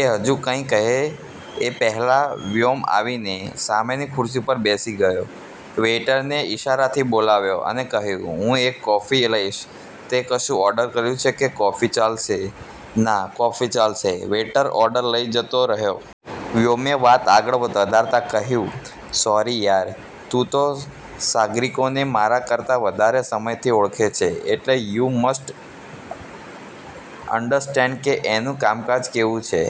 એ હજુ કંઈ કહે એ પહેલા વ્યોમ આવીને, સામેની ખુરશી પર બેસી ગયો, વેઈટરને ઇશારાથી બોલાવ્યો અને કહ્યું, હું એક કોફી લઈશ, તેં કશું ઓર્ડર કર્યું છે કે કોફી ચાલશે?ના, કોફી ચાલશે. વેઈટર ઓર્ડર લઇ જતો રહ્યો. વ્યોમે વાત આગળ વધરતા કહ્યું, સોરી યાર, તું તો સાગરિકાને મારા કરતા વધારે સમયથી ઓળખે છે એટલે યુ મસ્ટ અન્ડરસ્ટેન્ડ કે એનું કામકાજ કેવું છે.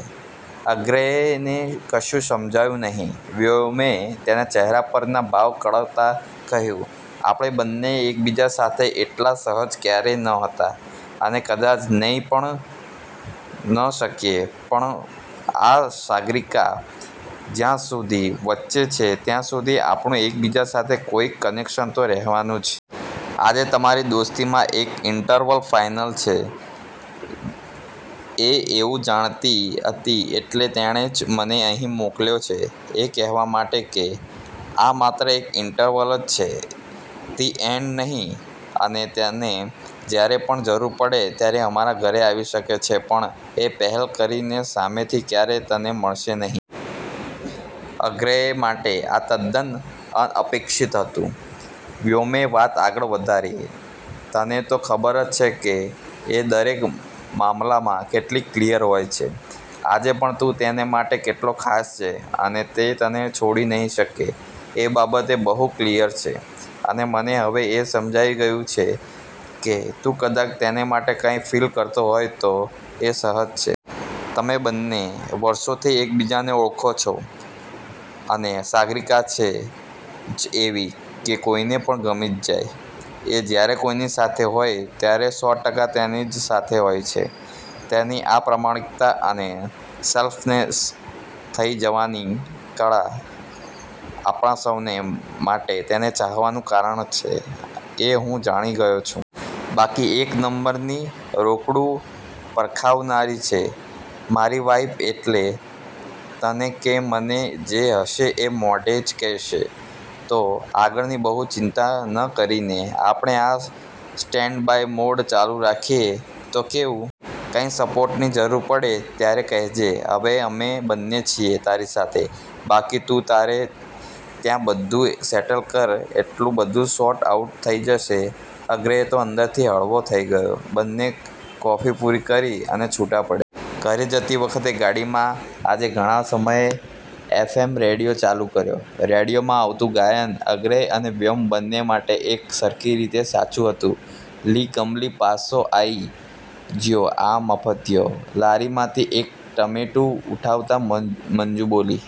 અગ્નેયને કશું સમજાયું નહીં. વ્યોમે તેનાં ચહેરા પરનાં ભાવ કળતા કહ્યું, આપણે બંને એકબીજા સાથે એટલા સહજ ક્યારેય નહોતા અને કદાચ થઇ પણ ન શકીએ પણ, આ સાગરિકા જ્યાં સુધી વચ્ચે છે ત્યાં સુધી આપણું એકબીજા સાથે કોઈક કનેક્શન તો રહેવાનું જ. આજે તમારી દોસ્તીમાં એક ઈન્ટરવલ ફાઈનલ જ છે એ એવું જાણતી હતી એટલે તેણે જ મને અહીં મોકલ્યો છે એ કહેવા માટે કે, આ માત્ર એક ઈન્ટરવલ જ છે, ધી એન્ડ નહીં અને તને જયારે પણ જરૂર પડે ત્યારે અમારા ઘરે આવી શકે છે પણ, એ પહેલ કરીને સામેથી ક્યારેય તને મળશે નહીં. અગ્નેય માટે આ તદ્દન અનપેક્ષિત હતું. વ્યોમે વાત આગળ વધારી, તને તો ખબર જ છે કે એ દરેક મામલામાં કેટલી ક્લીયર હોય છે. આજે પણ તું તેને માટે કેટલો ખાસ છે અને એ તને છોડી નહીં જ શકે એ બાબતે બહુ ક્લીયર છે અને મને હવે એ સમજાઈ ગયું છે કે, તું કદાચ તેને માટે કંઈ ફીલ કરતો હોય તો એ સહજ છે. તમે બંને વર્ષોથી એકબીજાને ઓળખો છો અને સાગરિકા છે જ એવી કે કોઈને પણ ગમી જ જાય. એ જયારે કોઈની સાથે હોય ત્યારે, સો ટકા તેની જ સાથે હોય છે. તેની આ પ્રામાણિકતા અને સેલ્ફ્લેસ થઇ જવાની કળા આપણા સૌને માટે તેને ચાહવાનું કારણ છે એ હું જાણી ગયો છું. બાકી, એક નંબરની રોકડું પરખાવનારી છે મારી વાઈફ એટલે તને કે મને જે હશે એ મોઢે જ કહેશે તો, આગળની બહુ ચિંતા ન કરીને આપણે આ સ્ટેન્ડ બાય મોડ ચાલુ રાખીએ તો કેવું? કંઈ સપોર્ટની જરૂર પડે ત્યારે કહેજે હવે અમે બંને છીએ તારી સાથે. બાકી, તું તારે ત્યાં બધું સેટલ કર એટલું બધું સોર્ટ આઉટ થઇ જશે. અગ્નેય તો અંદરથી હળવો થઇ ગયો. બંને કોફી પૂરી કરી અને છુટ્ટા પડ્યા. ઘરે જતી વખતે ગાડીમાં આજે ઘણાં સમયે એફએમ રેડિયો ચાલુ કર્યો. રેડિયોમાં આવતું ગાયન અગ્નેય અને વ્યોમ બંને માટે એક સરખી રીતે સાચું હતું લી કમલી, પાસો આઈ જ્યો આ મફતિયો! લારીમાંથી એક ટમેટું ઉઠાવતા મંજુ બોલી.